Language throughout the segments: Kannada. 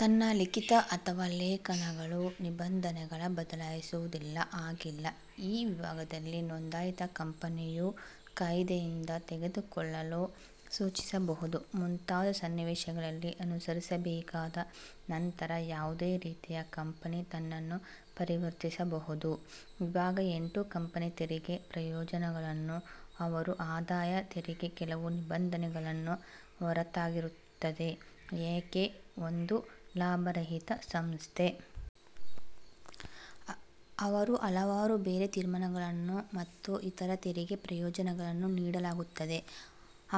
ತನ್ನ ಲಿಖಿತ ಅಥವಾ ಲೇಖನಗಳು ನಿಬಂಧನೆಗಳ ಬದಲಾಯಿಸುವುದಿಲ್ಲ ಹಾಗಿಲ್ಲ. ಈ ವಿಭಾಗದಲ್ಲಿ ನೊಂದಾಯಿತ ಕಂಪನಿಯು ಕಾಯಿದೆಯಿಂದ ತೆಗೆದುಕೊಳ್ಳಲು ಸೂಚಿಸಬಹುದು ಮುಂತಾದ ಸನ್ನಿವೇಶಗಳಲ್ಲಿ ಅನುಸರಿಸಬೇಕಾದ ನಂತರ ಯಾವುದೇ ರೀತಿಯ ಕಂಪನಿ ತನ್ನನ್ನು ಪರಿವರ್ತಿಸಬಹುದು. ವಿಭಾಗ ಎಂಟು ಕಂಪನಿ ತೆರಿಗೆ ಪ್ರಯೋಜನಗಳನ್ನು ಅವರು ಆದಾಯ ತೆರಿಗೆ ಕೆಲವು ನಿಬಂಧನೆಗಳನ್ನು ಹೊರತಾಗಿರುತ್ತದೆ ಏಕೆ ಒಂದು ಲಾಭರಹಿತ ಸಂಸ್ಥೆ. ಅವರು ಹಲವಾರು ಬೇರೆ ತೀರ್ಮಾನಗಳನ್ನು ಮತ್ತು ಇತರ ತೆರಿಗೆ ಪ್ರಯೋಜನಗಳನ್ನು ನೀಡಲಾಗುತ್ತದೆ.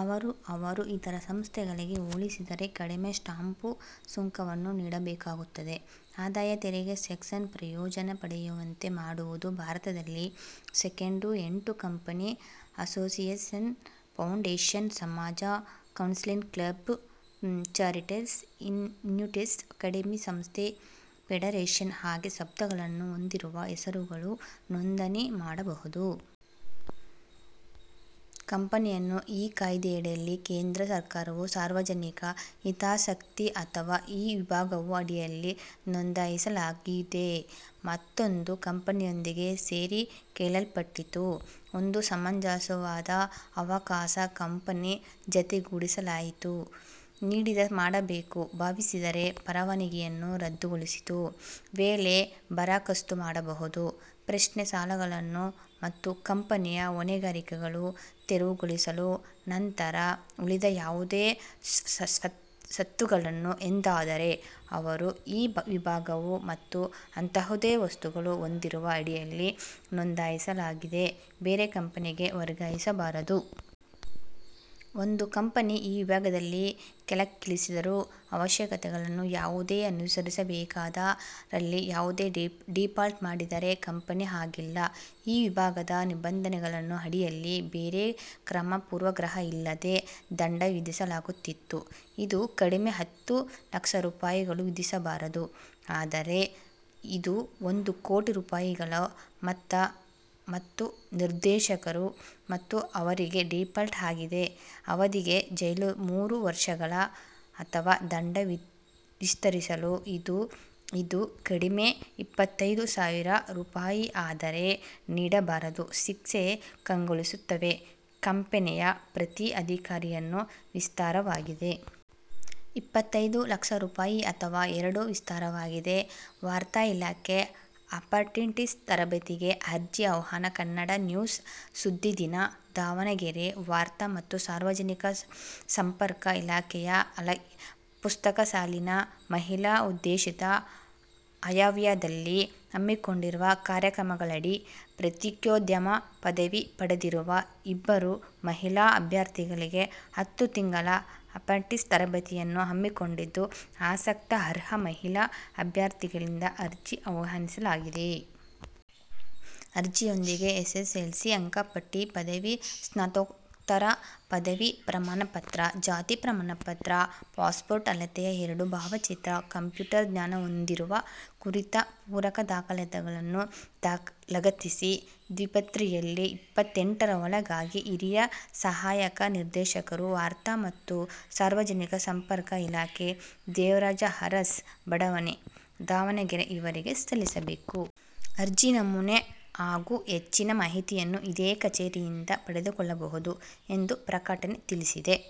ಅವರು ಅವರು ಇತರ ಸಂಸ್ಥೆಗಳಿಗೆ ಹೋಲಿಸಿದರೆ ಕಡಿಮೆ ಸ್ಟಾಂಪು ಸುಂಕವನ್ನು ನೀಡಬೇಕಾಗುತ್ತದೆ ಆದಾಯ ತೆರಿಗೆ ಸೆಕ್ಷನ್ ಪ್ರಯೋಜನ ಪಡೆಯುವಂತೆ ಮಾಡುವುದು. ಭಾರತದಲ್ಲಿ ಸೆಕೆಂಡು ಎಂಟು ಕಂಪನಿ ಅಸೋಸಿಯೇಷನ್, ಫೌಂಡೇಶನ್, ಸಮಾಜ, council, club, charities, institute, academy, ಸಂಸ್ಥೆ, ಫೆಡರೇಷನ್ ಹಾಗೆ ಶಬ್ದಗಳನ್ನು ಹೊಂದಿರುವ ಹೆಸರುಗಳು ನೋಂದಣಿ ಮಾಡಬಹುದು. ಕಂಪನಿಯನ್ನು ಈ ಕಾಯಿದೆಯಡಿಯಲ್ಲಿ ಕೇಂದ್ರ ಸರ್ಕಾರವು ಸಾರ್ವಜನಿಕ ಹಿತಾಸಕ್ತಿ ಅಥವಾ ಈ ವಿಭಾಗವು ಅಡಿಯಲ್ಲಿ ನೋಂದಾಯಿಸಲಾಗಿದೆ ಮತ್ತೊಂದು ಕಂಪನಿಯೊಂದಿಗೆ ಸೇರಿ ಕೇಳಲ್ಪಟ್ಟಿತು ಒಂದು ಸಮಂಜಸವಾದ ಅವಕಾಶ ಕಂಪನಿ ಜತೆಗೂಡಿಸಲಾಯಿತು ನೀಡಿದ ಮಾಡಬೇಕು ಭಾವಿಸಿದರೆ ಪರವಾನಗಿಯನ್ನು ರದ್ದುಗೊಳಿಸಿತು ವೇಳೆ ಬರಖಾಸ್ತು ಮಾಡಬಹುದು. ಪ್ರಶ್ನೆ ಸಾಲಗಳನ್ನು ಮತ್ತು ಕಂಪನಿಯ ಹೊಣೆಗಾರಿಕೆಗಳು ತೆರವುಗೊಳಿಸಲು ನಂತರ ಉಳಿದ ಯಾವುದೇ ಸ್ವತ್ತುಗಳನ್ನು ಎಂದಾದರೆ ಅವರು ಈ ವಿಭಾಗವು ಮತ್ತು ಅಂತಹುದೇ ವಸ್ತುಗಳು ಹೊಂದಿರುವ ಅಡಿಯಲ್ಲಿ ನೋಂದಾಯಿಸಲಾಗಿದೆ ಬೇರೆ ಕಂಪನಿಗೆ ವರ್ಗಾಯಿಸಬಾರದು. ಒಂದು ಕಂಪನಿ ಈ ವಿಭಾಗದಲ್ಲಿ ಕೆಳಕ್ಕಿಳಿಸಿದರು ಅವಶ್ಯಕತೆಗಳನ್ನು ಯಾವುದೇ ಅನುಸರಿಸಬೇಕಾದ ರಲ್ಲಿ ಯಾವುದೇ ಡೀಫಾಲ್ಟ್ ಮಾಡಿದರೆ ಕಂಪನಿ ಹಾಗಿಲ್ಲ ಈ ವಿಭಾಗದ ನಿಬಂಧನೆಗಳನ್ನು ಅಡಿಯಲ್ಲಿ ಬೇರೆ ಕ್ರಮ ಪೂರ್ವಾಗ್ರಹ ಇಲ್ಲದೆ ದಂಡ ವಿಧಿಸಲಾಗುತ್ತಿತ್ತು. ಇದು ಕಡಿಮೆ ಹತ್ತು ಲಕ್ಷ ರೂಪಾಯಿಗಳು ವಿಧಿಸಬಾರದು ಆದರೆ ಇದು ಒಂದು ಕೋಟಿ ರೂಪಾಯಿಗಳ ಮತ್ತು ನಿರ್ದೇಶಕರು ಮತ್ತು ಅವರಿಗೆ ಡೀಫಾಲ್ಟ್ ಆಗಿದೆ ಅವಧಿಗೆ ಜೈಲು ಮೂರು ವರ್ಷಗಳ ಅಥವಾ ದಂಡ ವಿಸ್ತರಿಸಲು ಇದು ಇದು ಕಡಿಮೆ ಇಪ್ಪತ್ತೈದು ಸಾವಿರ ರೂಪಾಯಿ ಆದರೆ ನೀಡಬಾರದು ಶಿಕ್ಷೆ ಕಂಗೊಳಿಸುತ್ತವೆ ಕಂಪೆನಿಯ ಪ್ರತಿ ಅಧಿಕಾರಿಯನ್ನು ವಿಸ್ತಾರವಾಗಿದೆ. ಇಪ್ಪತ್ತೈದು ಲಕ್ಷ ರೂಪಾಯಿ ಅಥವಾ ಎರಡೂ ವಿಸ್ತಾರವಾಗಿದೆ. ವಾರ್ತಾಇಲಾಖೆ ಅಪ್ರೆಂಟಿಸ್ ತರಬೇತಿಗೆ ಅರ್ಜಿ ಆಹ್ವಾನ ಕನ್ನಡ ನ್ಯೂಸ್ ಸುದ್ದಿದಿನ, ದಾವಣಗೆರೆ ವಾರ್ತಾ ಮತ್ತು ಸಾರ್ವಜನಿಕ ಸಂಪರ್ಕ ಇಲಾಖೆಯು ಪ್ರಸಕ್ತ ಸಾಲಿನ ಮಹಿಳಾ ಉದ್ದೇಶಿತ ಆಯವ್ಯದಲ್ಲಿ ಹಮ್ಮಿಕೊಂಡಿರುವ ಕಾರ್ಯಕ್ರಮಗಳಡಿ ಪತ್ರಿಕೋದ್ಯಮ ಪದವಿ ಪಡೆದಿರುವ ಇಬ್ಬರು ಮಹಿಳಾ ಅಭ್ಯರ್ಥಿಗಳಿಗೆ ಹತ್ತು ತಿಂಗಳ ಅಪ್ರೆಂಟಿಸ್ ತರಬೇತಿಯನ್ನು ಹಮ್ಮಿಕೊಂಡಿದ್ದು ಆಸಕ್ತ ಅರ್ಹ ಮಹಿಳಾ ಅಭ್ಯರ್ಥಿಗಳಿಂದ ಅರ್ಜಿ ಆಹ್ವಾನಿಸಲಾಗಿದೆ. ಅರ್ಜಿಯೊಂದಿಗೆ ಎಸ್ಎಸ್ಎಲ್ಸಿ ಅಂಕಪಟ್ಟಿ ಪದವಿ ಸ್ನಾತಕೋತ್ತರ ಪದವಿ ಪ್ರಮಾಣಪತ್ರ, ಜಾತಿ ಪ್ರಮಾಣಪತ್ರ, ಪಾಸ್ಪೋರ್ಟ್ ಅಳತೆಯ ಎರಡು ಭಾವಚಿತ್ರ, ಕಂಪ್ಯೂಟರ್ ಜ್ಞಾನ ಹೊಂದಿರುವ ಕುರಿತ ಪೂರಕ ದಾಖಲೆಗಳನ್ನು ಲಗತ್ತಿಸಿ ದ್ವಿಪ್ರತಿಯಲ್ಲಿ ಇಪ್ಪತ್ತೆಂಟರ ಒಳಗಾಗಿ ಹಿರಿಯ ಸಹಾಯಕ ನಿರ್ದೇಶಕರು, ವಾರ್ತಾ ಮತ್ತು ಸಾರ್ವಜನಿಕ ಸಂಪರ್ಕ ಇಲಾಖೆ, ದೇವರಾಜ ಅರಸ್ ಬಡಾವಣೆ, ದಾವಣಗೆರೆ ಇವರಿಗೆ ಸಲ್ಲಿಸಬೇಕು. ಅರ್ಜಿ ನಮೂನೆ ಹಾಗೂ ಹೆಚ್ಚಿನ ಮಾಹಿತಿಯನ್ನು ಇದೇ ಕಚೇರಿಯಿಂದ ಪಡೆದುಕೊಳ್ಳಬಹುದು ಎಂದು ಪ್ರಕಟಣೆ ತಿಳಿಸಿದೆ.